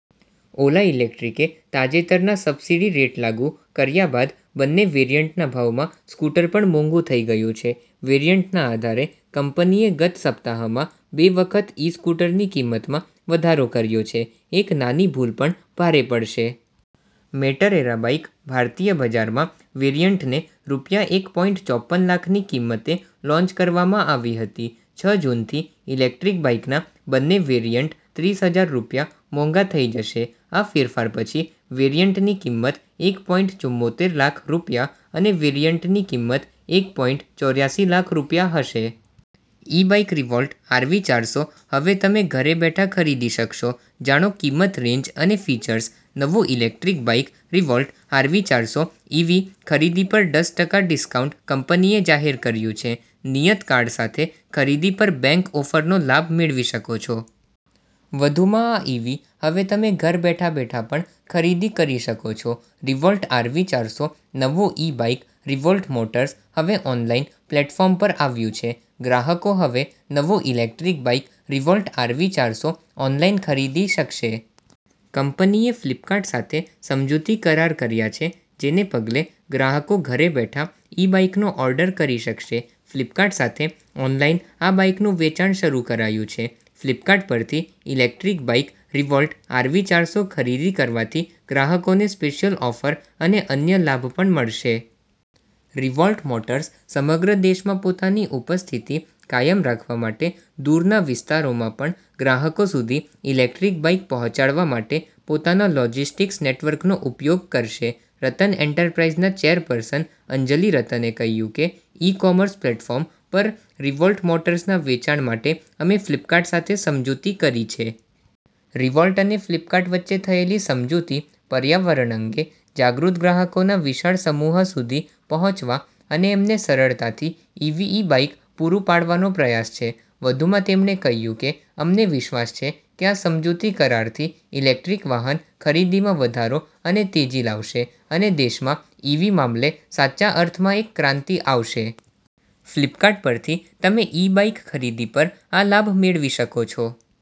ઓલા ઈલેક્ટ્રિકે તાજેતરના subsidy rate લાગુ કર્યા બાદ બંને વેરિઅન્ટના ભાવમાં સ્કૂટર પણ મોંઘુ થઈ ગયું છે. વેરિઅન્ટના આધારે, કંપનીએ ગત સપ્તાહમાં બે વખત ઈ-સ્કૂટરની કિંમતમાં વધારો કર્યો છે. એક નાની ભૂલ પણ ભારે પડશે. મેટર એરા બાઇક ભારતીય બજારમાં વેરિયન્ટને રૂપિયા એક પોઈંટ ચોપન લાખની કિંમતે લોન્ચ કરવામાં આવી હતી. છ જૂનથી ઇલેક્ટ્રિક બાઇકના બંને વેરિઅન્ટ ત્રીસ હજાર રૂપિયા મોંઘા થઈ જશે. આ ફેરફાર પછી, વેરિયન્ટની કિંમત એક પોઈંટ ચુંમોતેર લાખ રૂપિયા અને વેરિયન્ટની કિંમત એક પોઈંટ ચોર્યાસી લાખ રૂપિયા હશે. ઇ બાઇક રિવોલ્ટ આરવી ચારસો હવે તમે ઘરે બેઠા ખરીદી શકશો, જાણો કિંમત રેન્જ અને ફિચર્સ. નવું ઇલેકટ્રીક બાઇક રિવોલ્ટ આરવી ચારસો ઇવી ખરીદી પર દસ ટકા ડિસ્કાઉન્ટ કંપનીએ જાહેર કર્યું છે. નિયત કાર્ડ સાથે ખરીદી પર બેંક ઓફરનો લાભ મેળવી શકો છો. વધુમાં આ ઇવી હવે તમે ઘરે બેઠા બેઠા પણ ખરીદી કરી શકો છો. રિવોલ્ટ આરવી ચારસો નવું ઇ બાઇક રિવોલ્ટ મોટર્સ હવે ઓનલાઇન પ્લેટફોર્મ પર આવ્યું છે. ગ્રાહકો હવે નવું ઇલેકટ્રીક બાઇક રિવોલ્ટ આરવી ચારસો ઓનલાઇન ખરીદી શકશે. કંપનીએ ફ્લિપકાર્ટ સાથે સમજૂતી કરાર કર્યા છે જેને પગલે ગ્રાહકો ઘરે બેઠા ઇ બાઇકનો ઓર્ડર કરી શકશે. ફ્લિપકાર્ટ સાથે ઓનલાઇન આ બાઇકનું વેચાણ શરૂ કરાયું છે. ફ્લિપકાર્ટ પરથી ઇલેકટ્રિક બાઇક રિવોલ્ટ આરવી ચારસો ખરીદી કરવાથી ગ્રાહકોને સ્પેશિયલ ઓફર અને અન્ય લાભ પણ મળશે. રિવોલ્ટ મોર્ટસ સમગ્ર દેશમાં પોતાની ઉપસ્થિતિ કાયમ રાખવા માટે દૂરના વિસ્તારોમાં પણ ગ્રાહકો સુધી ઇલેકટ્રિક બાઇક પહોંચાડવા માટે પોતાના લોજિસ્ટિકસ નેટવર્કનો ઉપયોગ કરશે. રતન એન્ટરપ્રાઇસના ચેરપર્સન અંજલિ રતને કહ્યું કે, ઇ-કોમર્સ પ્લેટફોર્મ પર રિવોલ્ટ મોટર્સના વેચાણ માટે અમે ફ્લિપકાર્ટ સાથે સમજૂતી કરી છે. રિવોલ્ટ અને ફ્લિપકાર્ટ વચ્ચે થયેલી સમજૂતી પર્યાવરણ અંગે જાગૃત ગ્રાહકોના વિશાળ સમૂહ સુધી પહોંચવા અને એમને સરળતાથી ઇવી ઇ બાઇક પુરૂ પાડવાનો પ્રયાસ છે. વધુમાં તેમણે કહ્યું કે, અમને વિશ્વાસ છે કે આ સમજૂતી કરારથી ઇલેકટ્રિક વાહન ખરીદીમાં વધારો અને તેજી લાવશે અને દેશમાં ઇવી મામલે સાચા અર્થમાં એક ક્રાંતિ આવશે. ફ્લિપકાર્ટ પરથી તમે ઇ બાઇક ખરીદી પર આ લાભ મેળવી શકો છો.